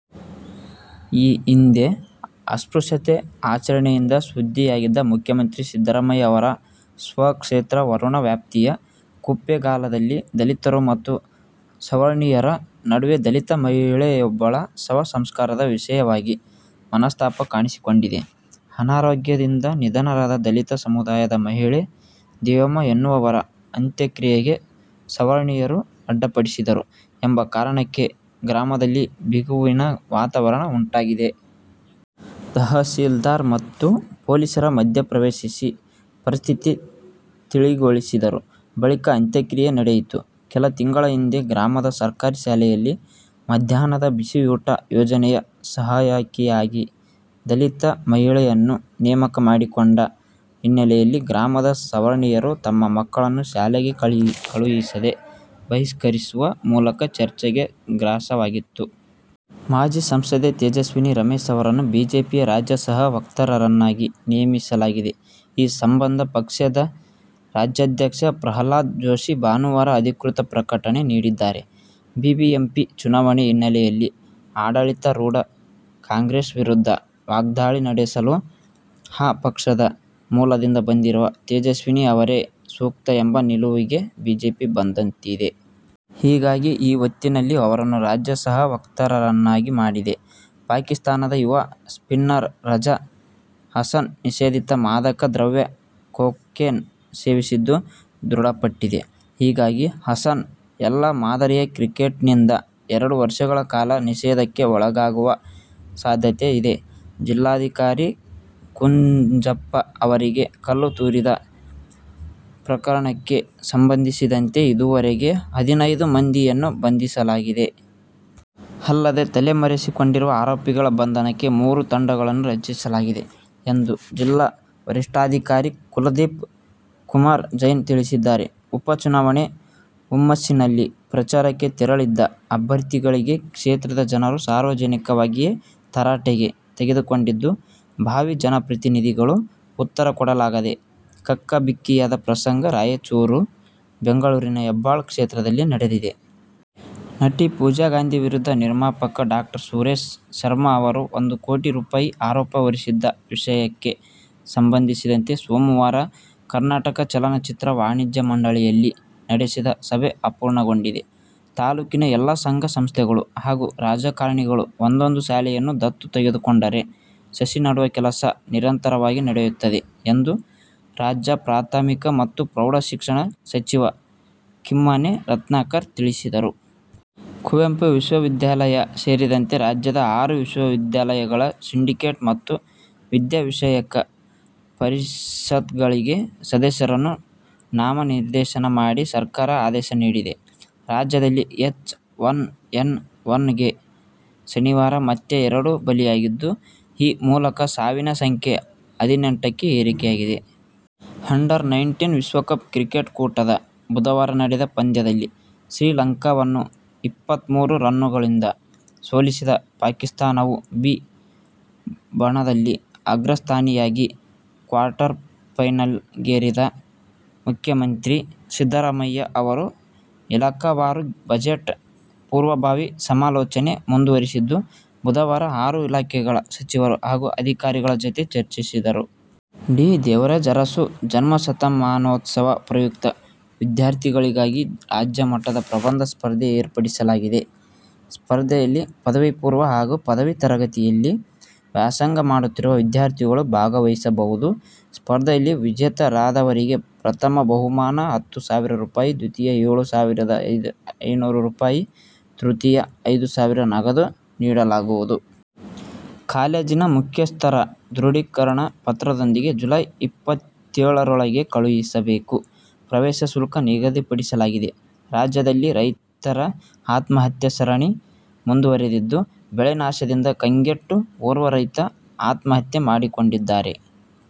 ಈ ಹಿಂದೆ ಅಸ್ಪ್ರುಶ್ಯತೆ ಆಚರಣೆಯಿಂದ ಸುದ್ದಿಯಾಗಿದ್ದ ಮುಖ್ಯಮಂತ್ರಿ ಸಿದ್ದರಾಮಯ್ಯ ಅವರ ಸ್ವಕ್ಷೇತ್ರ ವರುಣ ವ್ಯಾಪ್ತಿಯ ಕುಪ್ಪೇಗಾಲದಲ್ಲಿ ದಲಿತರು ಮತ್ತು ಸವರ್ಣೀಯರ ನಡುವೆ ದಲಿತ ಮಹಿಳೆಯೊಬ್ಬಳ ಶವ ಸಂಸ್ಕಾರದ ವಿಷಯವಾಗಿ ಮನಸ್ತಾಪ ಕಾಣಿಸಿಕೊಂಡಿದೆ. ಅನಾರೋಗ್ಯದಿಂದ ನಿಧನರಾದ ದಲಿತ ಸಮುದಾಯದ ಮಹಿಳೆ ದೇವಮ್ಮ ಎನ್ನುವವರ ಅಂತ್ಯಕ್ರಿಯೆಗೆ ಸವರ್ಣೀಯರು ಅಡ್ಡಿಪಡಿಸಿದರು ಎಂಬ ಕಾರಣಕ್ಕೆ ಗ್ರಾಮದಲ್ಲಿ ಬಿಗುವಿನ ವಾತಾವರಣ ಉಂಟಾಗಿತ್ತು. ತಹಶೀಲ್ದಾರ್ ಮತ್ತು ಪೊಲೀಸರ ಮಧ್ಯಪ್ರವೇಶಿಸಿ ಪರಿಸ್ಥಿತಿ ತಿಳಿಗೊಳಿಸಿದರು. ಬಳಿಕ ಅಂತ್ಯಕ್ರಿಯೆ ನಡೆಯಿತು. ಕೆಲ ತಿಂಗಳ ಹಿಂದೆ ಗ್ರಾಮದ ಸರ್ಕಾರಿ ಶಾಲೆಯಲ್ಲಿ ಮಧ್ಯಾಹ್ನದ ಬಿಸಿಯೂಟ ಯೋಜನೆಯ ಸಹಾಯಕಿಯಾಗಿ ದಲಿತ ಮಹಿಳೆಯನ್ನು ನೇಮಕ ಮಾಡಿಕೊಂಡ ಹಿನ್ನೆಲೆಯಲ್ಲಿ ಗ್ರಾಮದ ಸವರ್ಣೀಯರು ತಮ್ಮ ಮಕ್ಕಳನ್ನು ಶಾಲೆಗೆ ಕಳುಹಿಸದೆ ಬಹಿಷ್ಕರಿಸುವ ಮೂಲಕ ಚರ್ಚೆಗೆ ಗ್ರಾಸವಾಗಿತ್ತು. ಮಾಜಿ ಸಂಸದೆ ತೇಜಸ್ವಿನಿ ರಮೇಶ್ ಅವರನ್ನು ಬಿಜೆಪಿಯ ರಾಜ್ಯ ಸಹ ವಕ್ತಾರರನ್ನಾಗಿ ನೇಮಿಸಲಾಗಿದೆ. ಈ ಸಂಬಂಧ ಪಕ್ಷದ ರಾಜ್ಯಾಧ್ಯಕ್ಷ ಪ್ರಹ್ಲಾದ್ ಜೋಶಿ ಭಾನುವಾರ ಅಧಿಕೃತ ಪ್ರಕಟಣೆ ನೀಡಿದ್ದಾರೆ. ಬಿಬಿಎಂಪಿ ಚುನಾವಣೆ ಹಿನ್ನೆಲೆಯಲ್ಲಿ ಆಡಳಿತಾರೂಢ ಕಾಂಗ್ರೆಸ್ ವಿರುದ್ಧ ವಾಗ್ಧಾಳಿ ನಡೆಸಲು ಆ ಪಕ್ಷದ ಮೂಲದಿಂದ ಬಂದಿರುವ ತೇಜಸ್ವಿನಿ ಅವರೇ ಸೂಕ್ತ ಎಂಬ ನಿಲುವಿಗೆ ಬಿಜೆಪಿ ಬಂದಂತಿದೆ. ಹೀಗಾಗಿ ಈ ಹೊತ್ತಿನಲ್ಲಿ ಅವರನ್ನು ರಾಜ್ಯ ಸಹ ವಕ್ತಾರರನ್ನಾಗಿ ಮಾಡಿದೆ. ಪಾಕಿಸ್ಥಾನದ ಯುವ ಸ್ಪಿನ್ನರ್ ರಜಾ ಹಸನ್ ನಿಷೇಧಿತ ಮಾದಕ ದ್ರವ್ಯ ಕೊಕೇನ್ ಸೇವಿಸಿದ್ದು ದೃಢಪಟ್ಟಿದೆ. ಹೀಗಾಗಿ ಹಸನ್ ಎಲ್ಲ ಮಾದರಿಯ ಕ್ರಿಕೆಟ್ನಿಂದ ಎರಡು ವರ್ಷಗಳ ಕಾಲ ನಿಷೇಧಕ್ಕೆ ಒಳಗಾಗುವ ಸಾಧ್ಯತೆ ಇದೆ. ಜಿಲ್ಲಾಧಿಕಾರಿ ಕುಂಜಪ್ಪ ಅವರಿಗೆ ಕಲ್ಲು ತೂರಿದ ಪ್ರಕರಣಕ್ಕೆ ಸಂಬಂಧಿಸಿದಂತೆ ಇದುವರೆಗೆ ಹದಿನೈದು ಮಂದಿಯನ್ನು ಬಂಧಿಸಲಾಗಿದೆ. ಅಲ್ಲದೇ ತಲೆ ಮರೆಸಿಕೊಂಡಿರುವ ಆರೋಪಿಗಳ ಬಂಧನಕ್ಕೆ ಮೂರು ತಂಡಗಳನ್ನು ರಚಿಸಲಾಗಿದೆ ಎಂದು ಜಿಲ್ಲಾ ವರಿಷ್ಠಾಧಿಕಾರಿ ಕುಲದೀಪ್ ಕುಮಾರ್ ಜೈನ್ ತಿಳಿಸಿದ್ದಾರೆ. ಉಪಚುನಾವಣೆ ಹುಮ್ಮಸ್ಸಿನಲ್ಲಿ ಪ್ರಚಾರಕ್ಕೆ ತೆರಳಿದ್ದ ಅಭ್ಯರ್ಥಿಗಳಿಗೆ ಕ್ಷೇತ್ರದ ಜನರು ಸಾರ್ವಜನಿಕವಾಗಿಯೇ ತರಾಟೆಗೆ ತೆಗೆದುಕೊಂಡಿದ್ದು, ಭಾವಿ ಜನಪ್ರತಿನಿಧಿಗಳು ಉತ್ತರಕೊಡಲಾಗದೆ ಕಕ್ಕಾಬಿಕ್ಕಿಯಾದ ಪ್ರಸಂಗ ರಾಯಚೂರು, ಬೆಂಗಳೂರಿನ ಹೆಬ್ಬಾಳ ಕ್ಷೇತ್ರದಲ್ಲಿ ನಡೆದಿದೆ. ನಟಿ ಪೂಜಾಗಾಂಧಿ ವಿರುದ್ಧ ನಿರ್ಮಾಪಕ ಡಾ. ಸುರೇಶ್ ಶರ್ಮ ಅವರು ಒಂದು ಕೋಟಿ ರೂಪಾಯಿ ಆರೋಪ ಹೊರಿಸಿದ್ದ ವಿಷಯಕ್ಕೆ ಸಂಬಂಧಿಸಿದಂತೆ, ಸೋಮವಾರ ಕರ್ನಾಟಕ ಚಲನಚಿತ್ರ ವಾಣಿಜ್ಯ ಮಂಡಳಿಯಲ್ಲಿ ನಡೆಸಿದ ಸಭೆ ಅಪೂರ್ಣಗೊಂಡಿದೆ. ತಾಲೂಕಿನ ಎಲ್ಲಾ ಸಂಘ ಸಂಸ್ಥೆಗಳು ಹಾಗೂ ರಾಜಕಾರಣಿಗಳು ಒಂದೊಂದು ಶಾಲೆಯನ್ನು ದತ್ತು ತೆಗೆದುಕೊಂಡರೆ ಸಸಿ ನೆಡುವ ಕೆಲಸ ನಿರಂತರವಾಗಿ ನಡೆಯುತ್ತದೆ ಎಂದು ರಾಜ್ಯ ಪ್ರಾಥಮಿಕ ಮತ್ತು ಪ್ರೌಢ ಶಿಕ್ಷಣ ಸಚಿವ ಕಿಮ್ಮನೆ ರತ್ನಾಕರ್ ತಿಳಿಸಿದರು. ಕುವೆಂಪು ವಿಶ್ವ ವಿದ್ಯಾಲಯ ಸೇರಿದಂತೆ ರಾಜ್ಯದ ಆರು ವಿಶ್ವವಿದ್ಯಾಲಯಗಳ ಸಿಂಡಿಕೇಟ್ ಮತ್ತು ವಿದ್ಯಾವಿಷಯಕ ಪರಿಷತ್ಗಳಿಗೆ ಸದಸ್ಯರನ್ನು ನಾಮನಿರ್ದೇಶನ ಮಾಡಿ ಸರ್ಕಾರ ಆದೇಶ ನೀಡಿದೆ. ರಾಜ್ಯದಲ್ಲಿ ಎಚ್ ಒನ್ ಎನ್ ಒನ್ ಗೆ ಶನಿವಾರ ಮತ್ತೆ ಎರಡು ಬಲಿಯಾಗಿದ್ದು, ಈ ಮೂಲಕ ಸಾವಿನ ಸಂಖ್ಯೆ ಹದಿನೆಂಟಕ್ಕೆ ಏರಿಕೆಯಾಗಿದೆ. ಅಂಡರ್-ನೈಂಟೀನ್ ವಿಶ್ವಕಪ್ ಕ್ರಿಕೆಟ್ ಕೂಟದ ಬುಧವಾರ ನಡೆದ ಪಂದ್ಯದಲ್ಲಿ ಶ್ರೀಲಂಕಾವನ್ನು ಇಪ್ಪತ್ಮೂರು ರನ್ನುಗಳಿಂದ ಸೋಲಿಸಿದ ಪಾಕಿಸ್ಥಾನವು "ಬಿ' ಬಣದಲ್ಲಿ ಅಗ್ರಸ್ಥಾನಿಯಾಗಿ ಕ್ವಾರ್ಟರ್ಫೈನಲ್ ಗೇರಿದೆ. ಮುಖ್ಯಮಂತ್ರಿ ಸಿದ್ದರಾಮಯ್ಯ ಅವರು ಇಲಾಖಾವಾರು ಬಜೆಟ್ ಪೂರ್ವಭಾವಿ ಸಮಾಲೋಚನೆ ಮುಂದುವರಿಸಿದ್ದು, ಬುಧವಾರ ಆರು ಇಲಾಖೆಗಳ ಸಚಿವರು ಹಾಗೂ ಅಧಿಕಾರಿಗಳ ಜತೆ ಚರ್ಚಿಸಿದರು. ಡಿ. ದೇವರಾಜ ಅರಸು ಜನ್ಮ ಶತಮಾನೋತ್ಸವ ಪ್ರಯುಕ್ತ ವಿದ್ಯಾರ್ಥಿಗಳಿಗಾಗಿ ರಾಜ್ಯಮಟ್ಟದ ಪ್ರಬಂಧ ಸ್ಪರ್ಧೆ ಏರ್ಪಡಿಸಲಾಗಿದೆ. ಸ್ಪರ್ಧೆಯಲ್ಲಿ ಪದವಿಪೂರ್ವ ಹಾಗೂ ಪದವಿ ತರಗತಿಯಲ್ಲಿ ವ್ಯಾಸಂಗ ಮಾಡುತ್ತಿರುವ ವಿದ್ಯಾರ್ಥಿಗಳು ಭಾಗವಹಿಸಬಹುದು. ಸ್ಪರ್ಧೆಯಲ್ಲಿ ವಿಜೇತರಾದವರಿಗೆ ಪ್ರಥಮ ಬಹುಮಾನ ಹತ್ತು ಸಾವಿರ ರೂಪಾಯಿ ದ್ವಿತೀಯ ಏಳು ಸಾವಿರದ ಐನೂರು ರೂಪಾಯಿ., ತೃತೀಯ ಐದು ಸಾವಿರ ನಗದು ನೀಡಲಾಗುವುದು. ಕಾಲೇಜಿನ ಮುಖ್ಯಸ್ಥರ ದೃಢೀಕರಣ ಪತ್ರದೊಂದಿಗೆ ಜುಲೈ ಇಪ್ಪತ್ತೇಳರೊಳಗೆ ಕಳುಹಿಸಬೇಕು. ಪ್ರವೇಶ ಶುಲ್ಕ ನಿಗದಿಪಡಿಸಲಾಗಿದೆ. ರಾಜ್ಯದಲ್ಲಿ ರೈತರ ಆತ್ಮಹತ್ಯೆ ಸರಣಿ ಮುಂದುವರಿದಿದ್ದು, ಬೆಳೆ ನಾಶದಿಂದ ಕಂಗೆಟ್ಟು ಓರ್ವ ರೈತ ಆತ್ಮಹತ್ಯೆ ಮಾಡಿಕೊಂಡಿದ್ದರೆ.